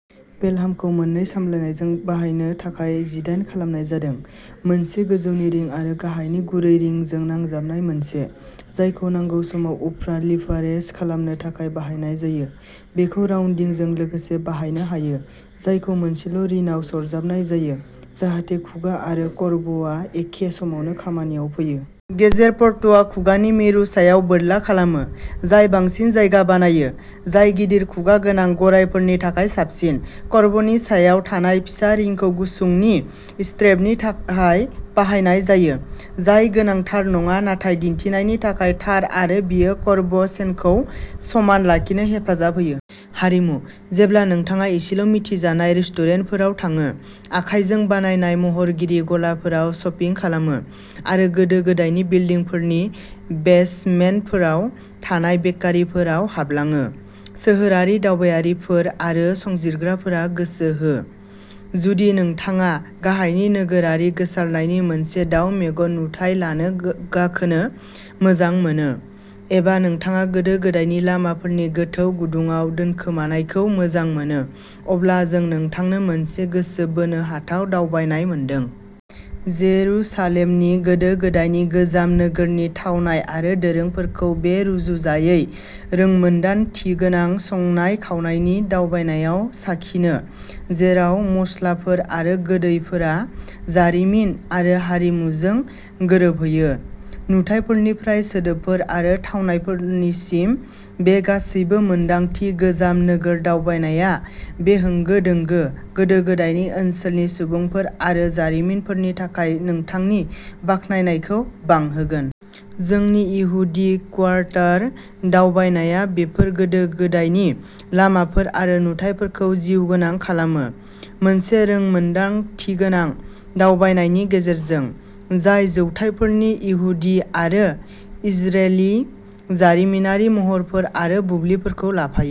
पेलहामखौ मोननै सामलायनायजों बाहायनो थाखाय डिजाइन खालामनाय जादों, मोनसे गोजौनि रिं आरो गाहायनि गुरै रिं जों नांजाबनाय मोनसे, जायखौ नांगौ समाव उफ्रा लिभारेज खालामनो थाखाय बाहायनाय जायो। बेखौ राउन्दिंजों लोगोसे बाहायनो हायो, जायखौ मोनसेल'रिनाव सरजाबनाय जायो, जाहाथे खुगा आरो कर्बआ एखे समावनो खामानियाव फैयो। गेजेर पर्टआ खुगानि मिरु सायाव बोरला खालामो, जाय बांसिन जायगा बानायो, जाय गिदिर खुगा गोनां गरायफोरनि थाखाय साबसिन। कर्बनि सायाव थानाय फिसा रिंखौ गुसुंनि स्ट्रेपनि थाखाय बाहायनाय जायो, जाय गोनांथार नङा नाथाय दिन्थिनायनि थाखाय थार आरो बेयो कर्ब चेनखौ समान लाखिनो हेफाजाब होयो। हारिमु जेब्ला नोंथाङा इसेल'मिथिजानाय रेस्टुरेन्टफोराव थाङो, आखाइजों बानायनाय महरगिरि गलाफोराव शपिं खालामो, आरो गोदो-गोदायनि बिल्डिंफोरनि बेसमेन्टफोराव थानाय बेकारिफोराव हाबलाङो। सोहोरारि दावबायारिफोर आरो संजिरग्राफोरा गोसो हो! जुदि नोंथाङा गाहायनि नोगोरारि गोसारनायनि मोनसे दाउ मेगन नुथाय लानो गाखोनो मोजां मोनो एबा नोंथाङा गोदो-गोदायनि लामाफोरनि गोथौ गुदुङाव दोनखोमानायखौ मोजां मोनो, अब्ला जों नोंथांनो मोनसे गोसो बोनो हाथाव दावबायनाय मोनदों! जेरुसालेमनि गोदो-गोदायनि गोजाम नोगोरनि थावनाय आरो दोरोंफोरखौ बे रुजुजायै रोंमोनदांथिगोनां संनाय-खावनायनि दावबायनायाव साखिनो, जेराव मस्लाफोर आरो गोदैफोरा जारिमिन आरो हारिमुजों गोरोबहैयो। नुथायफोरनिफ्राय सोदोबफोर आरो थावनायफोरसिम, बे गासैबो-मोनदांथि गोजाम नोगोर दावबायनायआ बे होंगो-दोंगो, गोदो-गोदायनि ओनसोलनि सुबुंफोर आरो जारिमिनफोरनि थाखाय नोंथांनि बाखनायनायखौ बांहोगोन। जोंनि इहुदि क्वार्टार दावबायनाया बेफोर गोदो-गोदायनि लामाफोर आरो नुथाइफोरखौ जिउगोनां खालामो, मोनसे रोंमोनदांथिगोनां दावबायनायनि गेजेरजों, जाय जौथायफोरनि इहुदि आरो इजरेलि जारिमिनारि महरफोर आरो बुब्लिफोरखौ लाफायो।